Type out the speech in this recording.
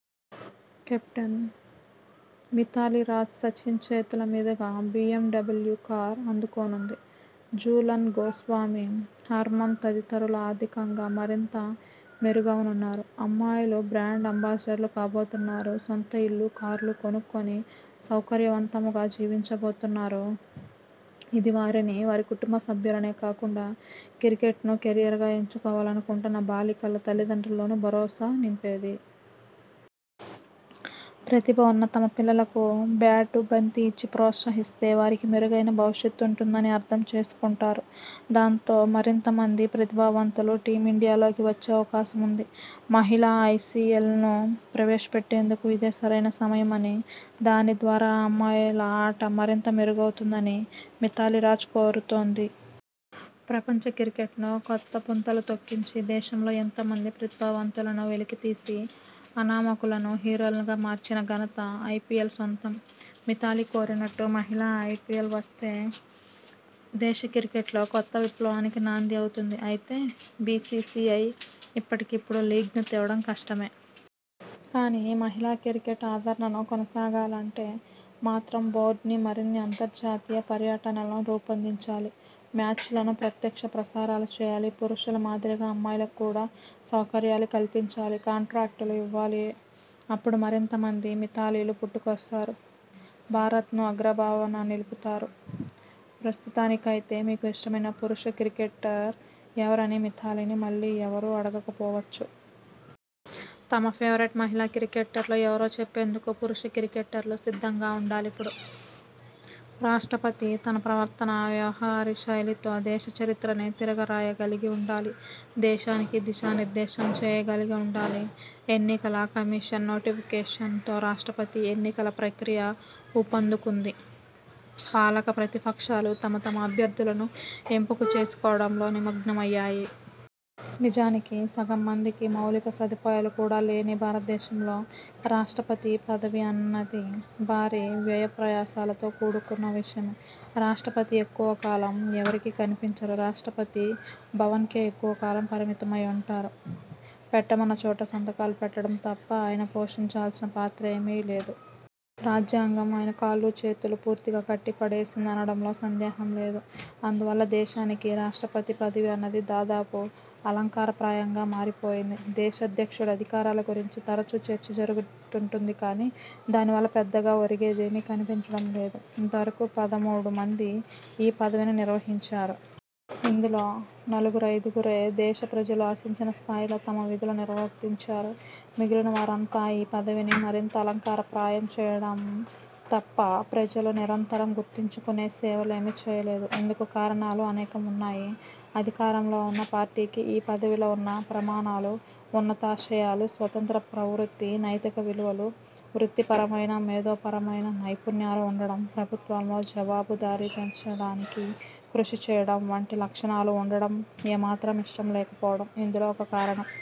Captain Mithali Raj Sachin చేతుల మీదుగా BMW car అందుకోనుంది. Jhulan Goswami, Harman తదితరులు ఆర్థికంగా మరింత మెరుగవనున్నారు. అమ్మాయిలు బ్రాండ్ అంబాసిడర్లు కాబోతున్నారు. సొంత ఇళ్లు, కార్లు కొనుక్కొని సౌకర్యవంతంగా జీవించబోతున్నారు. ఇది వారిని, వారి కుటుంబ సభ్యులనే కాకుండా క్రికెట్ను కెరీర్గా ఎంచుకోవాలనుకుంటున్న బాలికల తల్లిదండ్రుల్లోనూ భరోసా నింపేదే. ప్రతిభ ఉన్న తమ పిల్లలకు బ్యాటు, బంతి ఇచ్చి ప్రోత్సహిస్తే వారికి మెరుగైన భవిష్యత్ ఉంటుందని అర్థం చేసుకుం టారు. దాంతో, మరింతమంది ప్రతిభావంతులు టీమిండియాలోకి వచ్చే అవకాశం ఉంది. మహిళా ఐపీఎల్ను ప్రవేశ పెట్టేందుకు ఇదే సరైన సమయమని, దాని ద్వారా అమ్మాయిల ఆట మరింత మెరుగవుతుందని మిథాలీ రాజ్ కోరుతోంది. ప్రపంచ క్రికెట్ను కొత్త పుంతలు తొక్కించి దేశంలో ఎంతో మంది ప్రతిభావంతులను వెలికితీసి అనామకులను హీరోలుగా మార్చిన ఘనత ఐపీఎల్ సొంతం. మిథాలీ కోరినట్టు మహి ళా ఐపీఎల్ వస్తే దేశ క్రికెట్లో కొత్త విప్లవానికి నాంది అవుతుంది. అయితే, బీసీసీఐ ఇప్పటికిప్పుడు లీగ్ను తేవడం కష్టమే. కానీ, మహిళా క్రికెట్ ఆదరణను కొనసాగాలంటే మాత్రం బోర్డు మరిన్ని అంతర్జాతీయ పర్యటనలను రూపొందించాలి. మ్యాచ్లను ప్రత్యక్ష ప్రసారాలు చేయాలి. పురుషుల మాదిరిగా అమ్మాయిలకు కూడా సౌకర్యాలు కల్పించాలి. కాంట్రాక్టులు ఇవ్వాలి. అప్పుడు మరింత మంది మిథాలీలు పుట్టుకొస్తారు. భారత్ను అగ్రభాగాన నిలుపుతారు. ప్రస్తుతానికైతే మీకు ఇష్ట మైన పురుష క్రికెటర్ ఎవరని మిథాలీని మళ్లీ ఎవ రూ అడగకపోవచ్చు. తమ ఫేవరెట్ మహిళా క్రికెటర్లు ఎవరో చెప్పేందుకు పురుష క్రికెటర్లు సిద్ధంగా ఉండాలిప్పుడు! రాష్ట్రపతి తన ప్రవర్తన, వ్యవహారశైలితో దేశ చరిత్రనే తిరగరాయగలిగి ఉండాలి. దేశానికి దిశానిర్దేశం చేయగలిగి ఉండాలి. ఎన్నికల కమిషన్ నోటిఫికేషన్తో రాష్ట్రపతి ఎన్నికల ప్రక్రియ ఊపందుకుంది. పాలక, ప్రతిపక్షాలు తమ తమ అభ్యర్థులను ఎంపిక చేసుకోవడంలో నిమగ్నమయ్యాయి. నిజానికి, సగం మందికి మౌలిక సదుపాయాలు కూడా లేని భారతదేశంలో రాష్ట్రపతి పదవి అన్నది భారీ వ్యయప్రయాసలతో కూడుకున్న విషయమే. రాష్ట్రపతి ఎక్కువ కాలం ఎవరికీ కనిపించరు. రాష్ట్రపతి భవన్కే ఎక్కువ కాలం పరిమితమై ఉంటారు. పెట్టమన్న చోట సంతకాలు పెట్టడం తప్ప ఆయన పోషించాల్సిన పాత్రేమీ లేదు. రాజ్యాంగం ఆయన కాళ్లూ చేతులూ పూర్తిగా కట్టి పడేసిందనడంలో సందేహం లేదు. అందువల్ల దేశానికి రాష్ట్రపతి పదవి అన్నది దాదాపు అలంకారప్రాయంగా మారిపోయింది. దేశాధ్యక్షుడి అధికారాల గురించి తరచూ చర్చ జరుగుతుంటుంది కానీ, దాని వల్ల పెద్దగా ఒరిగేదేమీ కనిపించడం లేదు. ఇంతవరకూ పదమూడు మంది ఈ పదవిని నిర్వహించారు. ఇందులో నలుగురైదుగురే దేశ ప్రజలు ఆశించిన స్థాయిలో తమ విధులు నిర్వర్తించారు. మిగిలినవారంతా ఈ పదవిని మరింత అలంకారప్రాయం చేయడం తప్ప ప్రజలు నిరంతరం గుర్తుంచుకునే సేవలేమీ చేయలేదు. ఇందుకు కారణాలు అనేకం ఉన్నాయి. అధికారంలో ఉన్న పార్టీకి ఈ పదవిలో ఉన్నత ప్రమాణాలు, ఉన్నతాశయాలు, స్వతంత్ర ప్రవృత్తి, నైతిక విలువలు, వృత్తిపరమైన, మేధోపరమైన నైపుణ్యాలు ఉండడం, ప్రభుత్వంలో జవాబు దారీ పెంచడానికి కృషి చేయడం వంటి లక్షణాలు ఉండడం ఏమాత్రం ఇష్టం లేకపోవడం ఇందులో ఒక కారణం.